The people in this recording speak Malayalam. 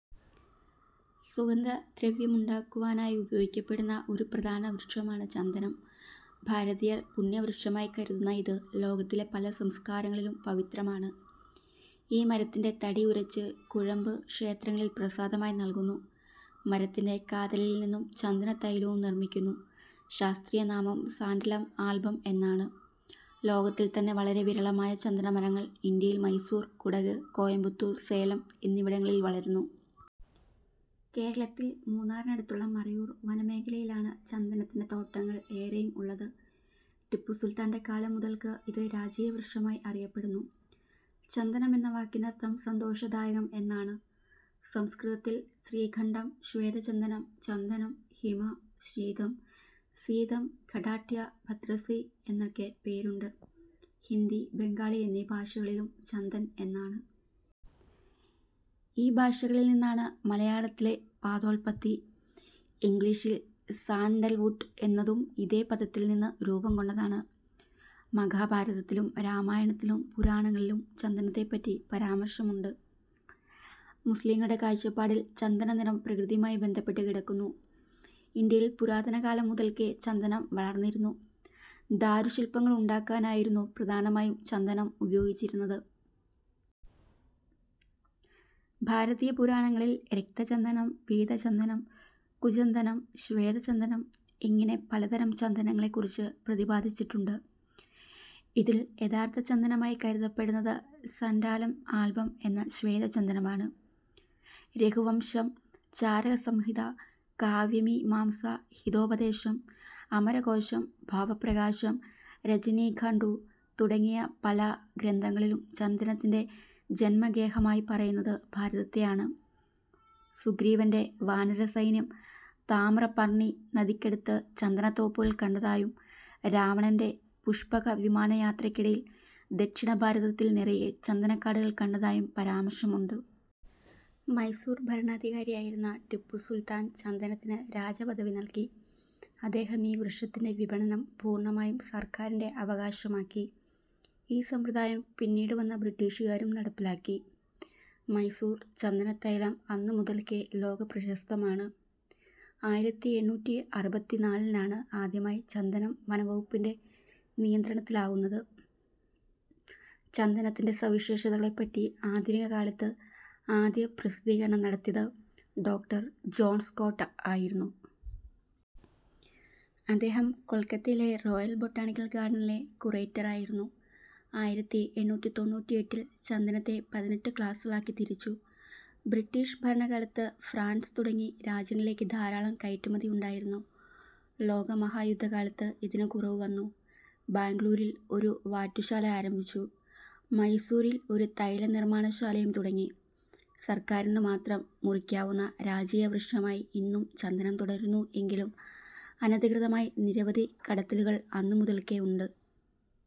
സുഗന്ധദ്രവ്യമുണ്ടാക്കുവാനായി ഉപയോഗിക്കപ്പെടുന്ന ഒരു പ്രധാനപ്പെട്ട വൃക്ഷമാണ് ചന്ദനം. ഭാരതീയർ പുണ്യവൃക്ഷമായി കരുതുന്ന ഇത്, ലോകത്തിലെ പല സംസ്കാരങ്ങളിലും പവിത്രമാണ്. ഈ മരത്തിന്റെ തടി ഉരച്ച് കുഴമ്പ് ക്ഷേത്രങ്ങളിൽ പ്രസാദമായി നൽകുന്നു. മരത്തിന്റെ കാതലിൽ നിന്നും ചന്ദനത്തൈലവും നിർമ്മിക്കുന്നു. ശാസ്ത്രീയനാമം സന്റാലം ആൽബം എന്നാണ്. ലോകത്തിൽ തന്നെ വളരെ വിരളമായ ചന്ദനമരങ്ങൾ ഇന്ത്യയിൽ മൈസൂർ, കുടക്, കോയമ്പത്തൂർ, സേലം എന്നിവിടങ്ങളിൽ വളരുന്നു. കേരളത്തിൽ മൂന്നാറിനടുത്തുള്ള മറയൂർ വനമേഖലയിലാണ് ചന്ദനത്തിന്റെ തോട്ടങ്ങൾ ഏറെയും ഉള്ളത്. ടിപ്പുസുൽത്താന്റെ കാലം മുതൽക്ക് ഇത് രാജകീയവൃക്ഷമായി അറിയപ്പെടുന്നു. ചന്ദനം എന്ന വാക്കിനർത്ഥം സന്തോഷദായകം എന്നാണ്. സംസ്കൃതത്തിൽ ശ്രീഖണ്ഡം, ശ്വേതചന്ദനം, ചന്ദനം, ഹിമഃ, ശീതം, സീതം, ഗന്ധാഢ്യഃ, ഭദ്രശ്രീ എന്നൊക്കെ പേരുണ്ട്. ഹിന്ദി, ബംഗാളി എന്നീ ഭാഷകളിലും ചന്ദൻ എന്നാണ്. ഈ ഭാഷകളിൽ നിന്നാണ് മലയാളത്തിലെ പദോല്പത്തി. ഇംഗ്ലീഷിൽ സാൻഡൽ വുഡ് എന്നതും ഇതേ പദത്തിൽ നിന്ന് രൂപം കൊണ്ടതാണ്. മഹാഭാരതത്തിലും രാമായണത്തിലും പുരാണങ്ങളിലും ചന്ദനത്തെപ്പറ്റി പരാമർശമുണ്ട്. മുസ്ലീങ്ങളുടെ കാഴ്ചപ്പാടിൽ ചന്ദന നിറം പ്രകൃതിയുമായി ബന്ധപ്പെട്ട് കിടക്കുന്നു. ഇന്ത്യയിൽ പുരാതനകാലം മുതൽക്കേ ചന്ദനം വളർന്നിരുന്നു. ദാരുശില്പങ്ങളുണ്ടാക്കാനായിരുന്നു പ്രധാനമായും ചന്ദനം ഉപയോഗിച്ചിരുന്നത്. ഭരതീയപുരാണങ്ങളിൽ രക്തചന്ദനം, പീതചന്ദനം, കുചന്ദനം ,ശ്വേതചന്ദനം എന്നിങ്ങനെ പലതരം ചന്ദനങ്ങളെക്കുറിച്ച് പ്രതിപാദിച്ചിട്ടുണ്ട്. ഇതിൽ യഥാർത്ഥ ചന്ദനമായി കരുതപ്പെടുന്നത് സന്റാലം ആൽബം എന്ന ശ്വേത ചന്ദനമാണ്. രഘുവംശം, ചരകസംഹിത, കാവ്യമീമാംസ, ഹിതോപദേശം, അമരകോശം, ഭാവപ്രകാശം, രാജനിഘണ്ടു തുടങ്ങിയ പല ഗ്രന്ഥങ്ങളിലും ചന്ദനത്തിന്റെ ജന്മഗേഹമായി പറയുന്നത് ഭാരതത്തെയാണ്. സുഗ്രീവന്റെ വാനരസൈന്യം താമ്രപർണ്ണി നദിക്കടുത്ത് ചന്ദനത്തോപ്പുകൾ കണ്ടതായും രാവണന്റെ പുഷ്പകവിമാനയാത്രക്കിടയിൽ ദക്ഷിണഭാരതത്തിൽ നിറയെ ചന്ദനക്കാടുകൾ കണ്ടതായും പരാമർശമുണ്ട്. മൈസൂർ ഭരണാധികാരിയായിരുന്നു ടിപ്പുസുൽത്താൻ ചന്ദനത്തിന് രാജ പദവി നൽകി. അദ്ദേഹം ഈ വൃക്ഷത്തിന്റെ വിപണനം പൂർണ്ണമായും സർക്കാരിന്റെ അവകാശമാക്കി. ഈ സമ്പ്രദായം പിന്നീടുവന്ന ബ്രിട്ടീഷുകാരും നടപ്പിലാക്കി. മൈസൂർ ചന്ദനത്തൈലം അന്നുമുതൽക്കേ ലോകപ്രശസ്തമാണ്. ആയിരത്തിഎണ്ണൂറ്റിഅറുപത്തിനാലിലാണ് ആദ്യമായി ചന്ദനം വനം വകുപ്പിന്റെ നിയന്ത്രണത്തിലാകുന്നത്. ചന്ദനത്തിന്റെ സവിശേഷതകളെപ്പറ്റി ആധുനിക കാലത്ത് ആദ്യപ്രസിദ്ധീകരണം നടത്തിയത് ഡോക്ടർ ജോൺ സ്കോട്ട് ആയിരുന്നു. അദ്ദേഹം കൊൽക്കത്തയിലെ റോയൽ ബൊട്ടാണിക്കൽ ഗാർഡനിലെ കുറേറ്റർ ആയിരുന്നു. ആയിരത്തിഎണ്ണൂറ്റിതൊണ്ണൂറ്റിഎട്ടിൽ ചന്ദനത്തെ പതിനെട്ട് ക്ലാസുകളാക്കി തിരിച്ചു. ബ്രിട്ടീഷ് ഭരണകാലത്ത് ഫ്രാൻസ് തുടങ്ങിയ രാജ്യങ്ങളിലേക്ക് ധാരാളം കയറ്റുമതിയുണ്ടായിരുന്നു. ലോകമഹായുദ്ധകാലത്ത് ഇതിന് കുറവ് വന്നു. ബാംഗ്ലൂരിൽ ഒരു വാറ്റുശാല ആരംഭിച്ചു. മൈസൂറിൽ ഒരു തൈലനിർമ്മാണശാലയും തുടങ്ങി. സർക്കാരിനുമാത്രം മുറിക്കാവുന്ന രാജകീയവൃക്ഷമായി ഇന്നും ചന്ദനം തുടരുന്നു എങ്കിലും അനധികൃതമായി നിരവധി കടത്തലുകൾ അന്നുമുതൽക്കേ ഉണ്ട്.